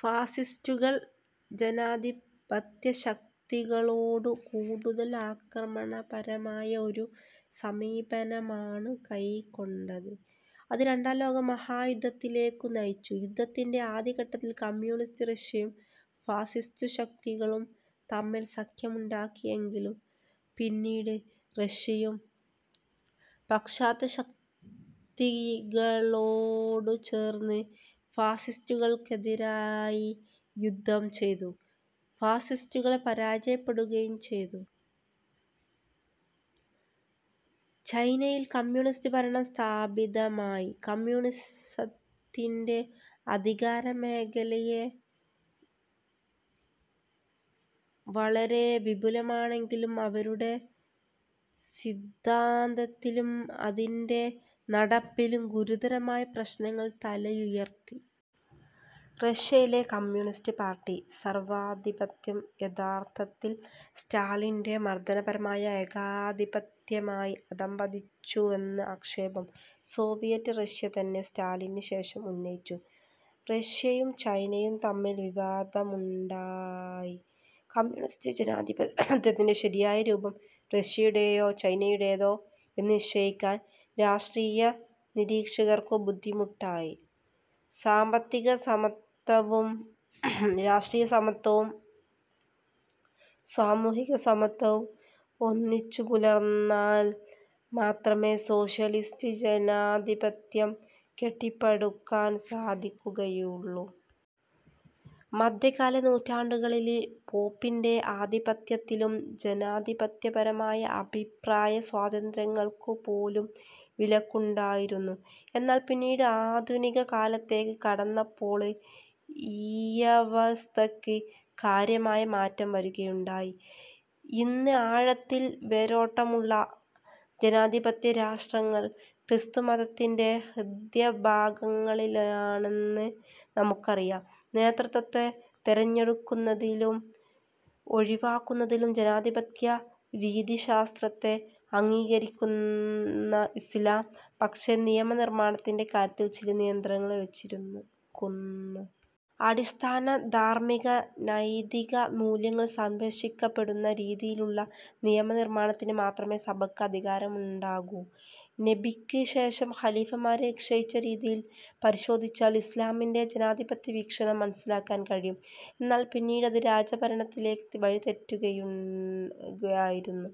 ഫാസിസ്റ്റുകൾ ജനാധിപത്യശക്തികളോടു കൂടുതൽ ആക്രമണപരമായ ഒരു സമീപനമാണു കൈക്കൊണ്ടത്. അത് രണ്ടാം ലോകയുദ്ധത്തിലേക്കു നയിച്ചു. യുദ്ധത്തിന്റെ ആദ്യഘട്ടത്തിൽ കമ്മ്യൂണിസ്റ്റ് റഷ്യയും ഫാസിസ്റ്റുശക്തികളും തമ്മിൽ സഖ്യമുണ്ടാക്കിയെങ്കിലും, പിന്നീട് റഷ്യയും പാശ്ചാത്യശക്തികളോടുചേർന്ന് ഫാസിസ്റ്റുകൾക്കെതിരായി യുദ്ധം ചെയ്തു. ഫാസിസ്റ്റുകൾ പരാജയപ്പെടുകയും ചെയ്തു. ചൈനയിൽ കമ്മ്യൂണിസ്റ്റ് ഭരണം സ്ഥാപിതമായി. കമ്മ്യൂണിസത്തിന്റെ അധികാരമേഖല വളരെ വിപുലമായെങ്കിലും, അവരുടെ സിദ്ധാന്തത്തിലും അതിന്റെ നടത്തിപ്പിലും ഗുരുതരമായ പ്രശ്നങ്ങൾ തലയുയർത്തി. റഷ്യയിലെ കമ്മ്യൂണിസ്റ്റ് പാർട്ടി സർവ്വാധിപത്യം യഥാർത്ഥത്തിൽ സ്റ്റാലിന്റെ മർദ്ദനപർമായ ഏകാധിപത്യമായി അധഃപതിച്ചുവെന്ന ആക്ഷേപം സോവിയറ്റ് റഷ്യതന്നെ സ്റ്റാലിന്നുശേഷം ഉന്നയിച്ചു. റഷ്യയും ചൈനയും തമ്മിൽ വിവാദങ്ങളുണ്ടായി. കമ്മ്യൂണിസ്റ്റ് ജനാധിപത്യത്തിന്റെ ശരിയായ രൂപം റഷ്യയുടേയോ, ചൈനയുടേതോ എന്നു നിശ്ചയിക്കാൻ രാഷ്ട്രീയ നിരിക്ഷകർക്കു ബുദ്ധിമുട്ടായി. സാമ്പത്തികസമത്വവും, രാഷ്ട്രീയസമത്വവും, സാമൂഹിക സമത്വവും ഒന്നിച്ചുപുലർന്നാൽ മാത്രമെ സോഷ്യലിസ്റ്റ് ജനാധിപത്യം കെട്ടിപ്പടുക്കാൻ സാധിക്കുകയുള്ളൂ. മദ്ധ്യകാല നൂറ്റാണ്ടുകളില് പോപ്പിന്റെ ആധിപത്യത്തിലും ജനാധിപത്യപരമായ അഭിപ്രായ സ്വാതന്ത്ര്യങ്ങൾക്കു പോലും വിലക്കുകളുണ്ടായിരുന്നു. എന്നാൽ പിന്നീട് ആധുനിക കാലത്തേക്ക് കടന്നപ്പോള് ഈയവസ്ഥക്ക് കാര്യമായ മാറ്റം വരുകയുണ്ടായി. ഇന്ന് ആഴത്തിൽ വേരോട്ടമുള്ള ജനാധിപത്യ രാഷ്ട്രങ്ങൾ ക്രിസ്തുമതത്തിന്റെ ഹൃദയഭാഗങ്ങളിലാണെന്ന് നമുക്കറിയാം. നേതൃത്വത്തെ തെരഞ്ഞെടുക്കുന്നതിലും ഒഴിവാക്കുന്നതിലും ജനാധിപത്യ രീതിശാസ്ത്രത്തെ അംഗീകരിക്കുന്ന ഇസ്ലാം, പക്ഷെ നിയമനിർമ്മാണത്തിന്റെ കാര്യത്തിൽ ചില നിയന്ത്രണങ്ങൾ വെച്ചിരിക്കുന്നു. അടിസ്ഥാന ധാർമിക-നൈതിക മൂല്യങ്ങൾ സംരക്ഷിക്കപ്പെടുന്ന രീതിയിലുള്ള നിയമനിർമ്മാണത്തിന് മാത്രമേ സഭക്ക് അധികാരമുണ്ടാകൂ. നബിക്ക് ശേഷം ഖലീഫമാരെ നിശ്ചയിച്ച രീതികൾ പരിശോധിച്ചാൽ ഇസ്ലാമിന്റെ ജനാധിപത്യ വീക്ഷണം മനസ്സിലാക്കാൻ കഴിയും. എന്നാൽ പിന്നീട് അത് രാജഭരണത്തിലേക്ക് വഴിതെറ്റുകയായിരുന്നു.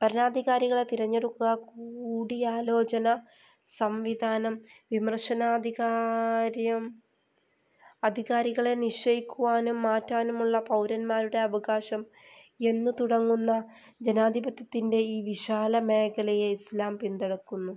ഭരണാധികാരികളെ തിരഞ്ഞടുക്കുക, കൂടിയാലോചന സംവിധാനം, വിമർശനാധികാര്യം, അധികാരികളെ നിശ്ചയിക്കുവാനും മാറ്റാനുമുള്ള പൗരൻമാരുടെ അവകാശം എന്നു തുടങ്ങുന്ന ജനാധിപത്യത്തിൻറെ ഈ വിശാല മേഖലയെ ഇസ്ലാം പിന്തുണക്കുന്നു.